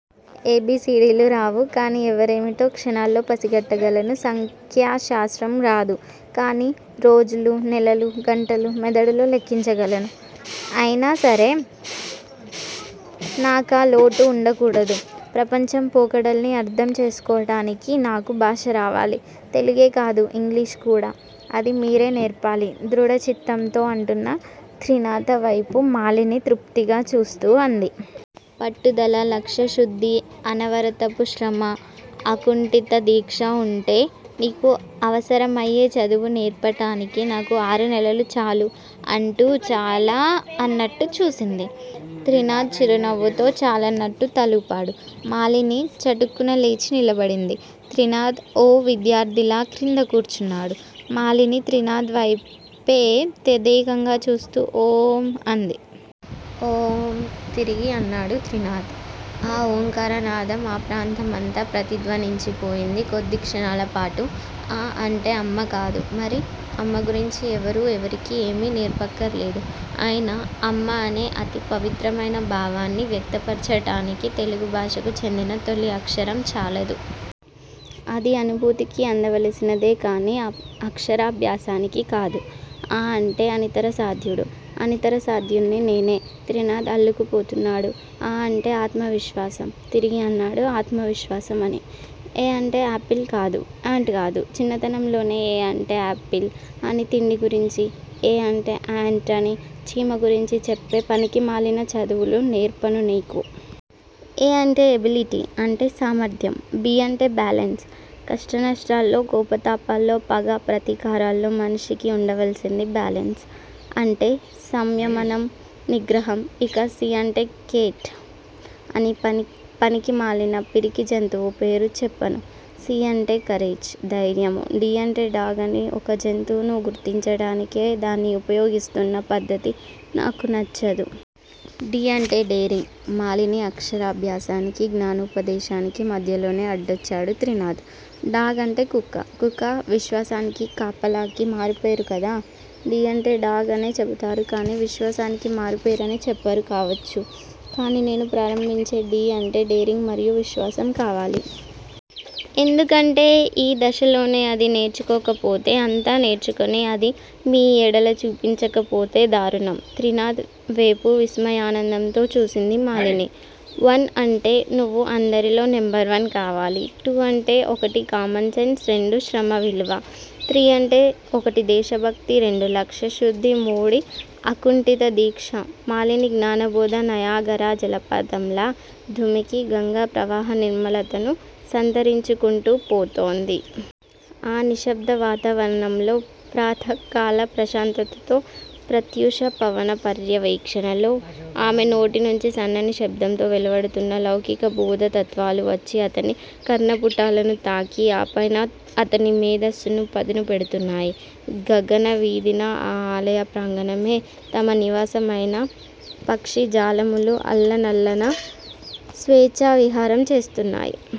ఏ-బి-సి-డి-లు రావు. కాని ఎవ్వరేమిటో క్షణాల్లో పసిగట్టగలను. సంఖ్యా శాస్త్రం రాదు. కాని రోజులు- నెలలు- గంటలు- మెదడులో లెక్కించగలను. అయినాసరే నాకా లోటు వుండకూడదు. ప్రపంచం పోకడల్ని అర్ధం చేసుకోవటానికి నాకు భాషరావాలి. తెలుగే కాదు ఇంగ్లీషు కూడా. అది మీరే నేర్పాలి- దృఢచిత్తంతో అంటున్న త్రినాథవైపు మాలిని తృప్తిగా చూస్తూ అంది. పట్టుదల, లక్ష్యశుద్ధి, అనవరతపు శ్రమ, అకుంటిత దీక్ష వుంటే నీకు అవసరమయ్యే చదువు నేర్పటానికి నాకు ఆరునెలలు చాలు- అంటూ చాలా అన్నట్టు చూసింది. త్రినాథ్ చిరునవ్వుతో చాలన్నట్టు తలూపాడు. మాలిని చటుక్కున లేచి నిలబడింది. త్రినాథ్ ఓ విద్యార్ధిలా క్రింద కూర్చున్నాడు. మాలిని త్రినాథ్ వేపే తదేకంగా చూస్తూ ఓం- అంది. ఓం- తిరిగి అన్నాడు త్రినాథ్- ఆ ఓంకారనాదం ఆ ప్రాంతమంతా ప్రతిధ్వనించిపోయింది కొద్దిక్షణాలపాటు. అ అంటే అమ్మకాదు మరి-? అమ్మ గురించి ఎవరూ ఎవరికీ ఏమీ నేర్పక్కర్లేదు. అయినా 'అమ్మ' అనే అతి పవిత్రమైన భావాన్ని వ్యక్తపర్చటానికి తెలుగు భాషకు చెందిన తొలి అక్షరం చాలదు. అది అనుభూతికి అందవలసినదే కాని అక్షరాభ్యాసానికి కాదు. 'అ' అంటే అనితరసాధ్యుడు- అనితరసాధ్యుడ్ని నేనే త్రినాథ్ అల్లుకుపోతున్నాడు. అ- అంటే ఆత్మవిశ్వాసం. తిరిగి అన్నాడు ఆత్మవిశ్వాసం అని. ఎ అంటే ఏపిల్ కాదు. ఏంట్ కాదు. చిన్నతనంలోనే 'ఏ' అంటే ఏపిల్ అని తిండి గురించి, ఏ అంటే ఏంటని చీమ గురించి చెప్పే పనికిమాలిన చదువులు నేర్పను నీకు. 'ఏ' అంటే ఎబిలిటి. అంటే సామర్ధ్యం. 'బి' అంటే బ్యాలన్స్. కష్టనష్టాల్లో, కోపతాపాల్లో, పగ, ప్రతీకారాల్లో మనిషికి ఉండవల్సింది బ్యాలన్స్. అంటే సంయమనం, నిగ్రహం. ఇక 'సి' అంటే కేట్ అని పనికిమాలిన పిరికి జంతువు పేరు చెప్పను. 'సి' అంటే కరేజ్. ధైర్యము. 'డి' అంటే డాగ్ అని ఒక జంతువును గుర్తించటానికే దాన్ని ఉపయోగిస్తున్న పద్ధతి నాకు నచ్చదు. 'డి' అంటే డేరింగ్ మాలిని అక్షరాభ్యాసానికి, జ్ఞానోపదేశానికి మధ్యలోనే అడ్డొచ్చాడు త్రినాథ్. డాగ్ అంటే కుక్క. కుక్క విశ్వాసానికి, కాపలాకి మారుపేరు కదా? డి అంటే డాగ్ అనే చెబుతారు కాని విశ్వాసానికి మారుపేరని చెప్పరు. కావచ్చు. కాని నేను ప్రారంభించే 'డి' అంటే డేరింగ్ మరియు విశ్వాసం కావాలి. ఎందుకంటే, ఈ దశలోనే అది నేర్చుకోకపోతే అంతా నేర్చుకుని అది మీ ఎడల చూపించకపోతే దారుణం. త్రినాథ్ వేపు విస్మయానందంతో చూసింది మాలిని. ఒన్ అంటే నువ్వు అందరిలో నెంబర్ వన్ కావాలి. టూ అంటే ఒకటి కామన్ సెన్స్, రెండు శ్రమ విలువ, త్రీ అంటే ఒకటి దేశభక్తి, రెండు లక్ష్యశుద్ధి, మూడి అకుంఠిత దీక్ష మాలిని జ్ఞానబోధ నయాగరా జలపాతంలా దుమికి, గంగా ప్రవాహ నిర్మలతను సంతరించుకుంటూ పోతోంది. ఆ నిశ్శబ్ద వాతావరణంలో ప్రాతఃకాల ప్రశాంతతలో, ప్రత్యూష పవన పర్యవేక్షణలో ఆమె నోటినుంచి సన్నని శబ్దంతో వెలువడుతున్న లౌకిక బోధ తత్వాలు వచ్చి అతని కర్ణపుటాలను తాకి ఆ పైన అతని మేధస్సును పదును పెడుతున్నాయి. గగన వీధిన ఆ ఆలయ ప్రాంగణమే తమ నివాసమైన పక్షి జాలములు అల్లనల్లన స్వేచ్చా విహారం చేస్తున్నాయ్.